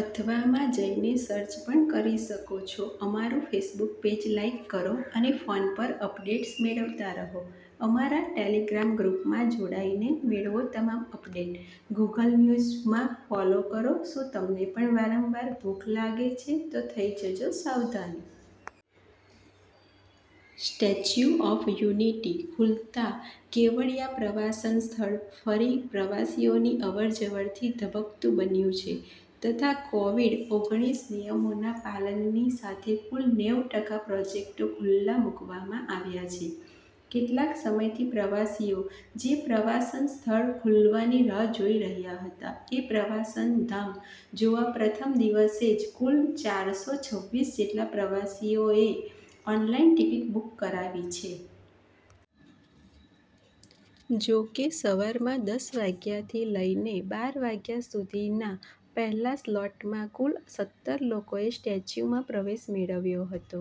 અથવા માં જઈને સર્ચ પણ કરી શકો છો. અમારું ફેસબુક પેજ લાઈક કરો અને ફોન પર અપડેટ્સ મેળવતા રહો. અમારા ટેલીગ્રામ ગ્રુપ માં જોડાઈને મેળવો તમામ અપડેટ, ગુગલ ન્યુઝમાં ફોલો કરો, શું તમને પણ વારંવાર ભૂખ લાગે છે તો થઈ જજો સાવધાન! 'સ્ટેચ્યુ ઓફ યુનિટી' ખુલતા કેવડિયા પ્રવાસન સ્થળ ફરી પ્રવાસીઓની અવરજવરથી ધબકતું બન્યું છે તથા કોવિડ ઓગણીસ નિયમોના પાલનની સાથે કુલ નેવ ટકા પ્રોજેક્ટો ખુલ્લા મુકવામાં આવ્યાં છે. કેટલાંક સમયથી પ્રવાસીઓ જે પ્રવાસન સ્થળ ખુલવાની રાહ જોઈ રહ્યાં હતાં એ પ્રવાસન ધામ જોવા પ્રથમ દિવસે જ કુલ ચારસો છવીસ જેટલા પ્રવાસીઓએ ઓનલાઇન ટિકિટ બુક કરાવી છે. જો કે, સવારમાં દસ વાગ્યાંથી લઈને બાર વાગ્યાં સુધીના પહેલાં સ્લોટમાં કુલ સત્તર લોકોએ સ્ટેચ્યુમાં પ્રવેશ મેળવ્યો હતો.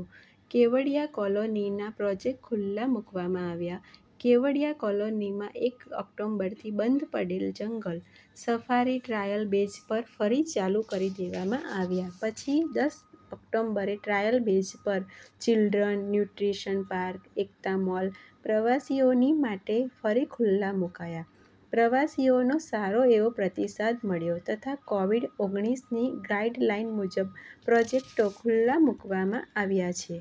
કેવડિયા કોલોનીનાં પ્રોજેક્ટ ખુલ્લા મુકવામાં આવ્યાં: કેવડિયા કોલોનીમાં એક ઓક્ટોબરથી બંધ પડેલ જંગલ સફારી ટ્રાયલ બેઝ પર ફરી ચાલુ કરી દેવામાં આવ્યા પછી દસ ઓક્ટોબરે ટ્રાયલ બેઝ પર children nutrition park, Ekta mall પ્રવાસીઓની માટે ફરી ખુલ્લાં મુકાયા પ્રવાસીઓનો સારો એવો પ્રતિસાદ મળ્યો તથા કોવિડ ઓગણીસ ની ગાઇડલાઇન મુજબ પ્રોજેક્ટો ખુલ્લા મુકવામાં આવ્યાં છે.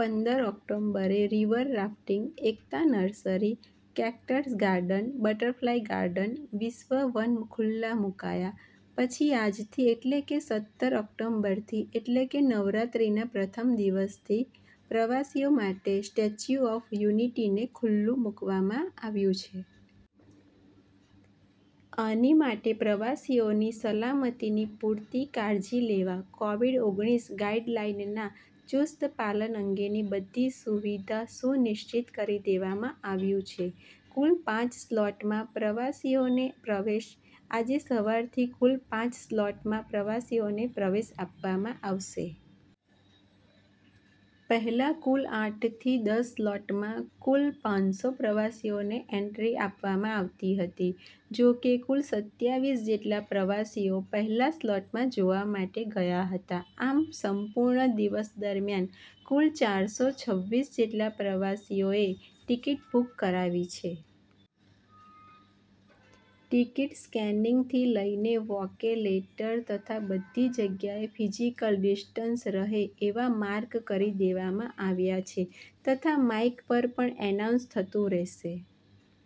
પંદર ઓક્ટોબરે રિવર રાફટિંગ, એકતા nursery, cactus garden, butterfly garden, વિશ્વ વન ખુલ્લા મુકાયા પછી આજથી એટલે કે, સત્તર ઓક્ટોબરથી એટલે કે નવરાત્રીના પ્રથમ દિવસથી પ્રવાસીઓ માટે 'સ્ટેચ્યુ ઓફ યુનિટી'ને ખુલ્લું મૂકવામાં આવ્યું છે. આની માટે પ્રવાસીઓની સલામતિની પૂરતી કાળજી લેવા કોવિડ ઓગણીસ ગાઈડલાઈનના ચુસ્ત પાલન અંગેની બધી સુવિધા સુનિશ્ચિત કરી દેવામાં આવ્યુ છે. કુલ પાંચ સ્લોટમાં પ્રવાસીઓને પ્રવેશ: આજે સવારથી કુલ પાંચ સ્લોટમાં પ્રવાસીઓને પ્રવેશ આપવામાં આવશે. પહેલા કુલ આઠ થી દસ ના સ્લોટમાં કુલ પાંસો પ્રવાસીઓને એન્ટ્રી આપવામાં આવતી હતી. જો કે, કુલ સત્યાવીસ જેટલા પ્રવાસીઓ પહેલાં સ્લોટમાં જોવા માટે ગયા હતા. આમ, સંપૂર્ણ દિવસ દરમિયાન કુલ ચારસો છવીસ જેટલા પ્રવાસીઓએ ટિકિટ બુકિંગ કરાવી છે. ટિકિટ સ્કેનિંગથી લઈને વોકે લેટર તથા બધી જગ્યાએ ફિઝિકલ ડિસ્ટન્સ રહે એવા માર્ક કરી દેવામાં આવ્યા છે તથા માઈક પર પણ એનાઉન્સ થતું રહેશે.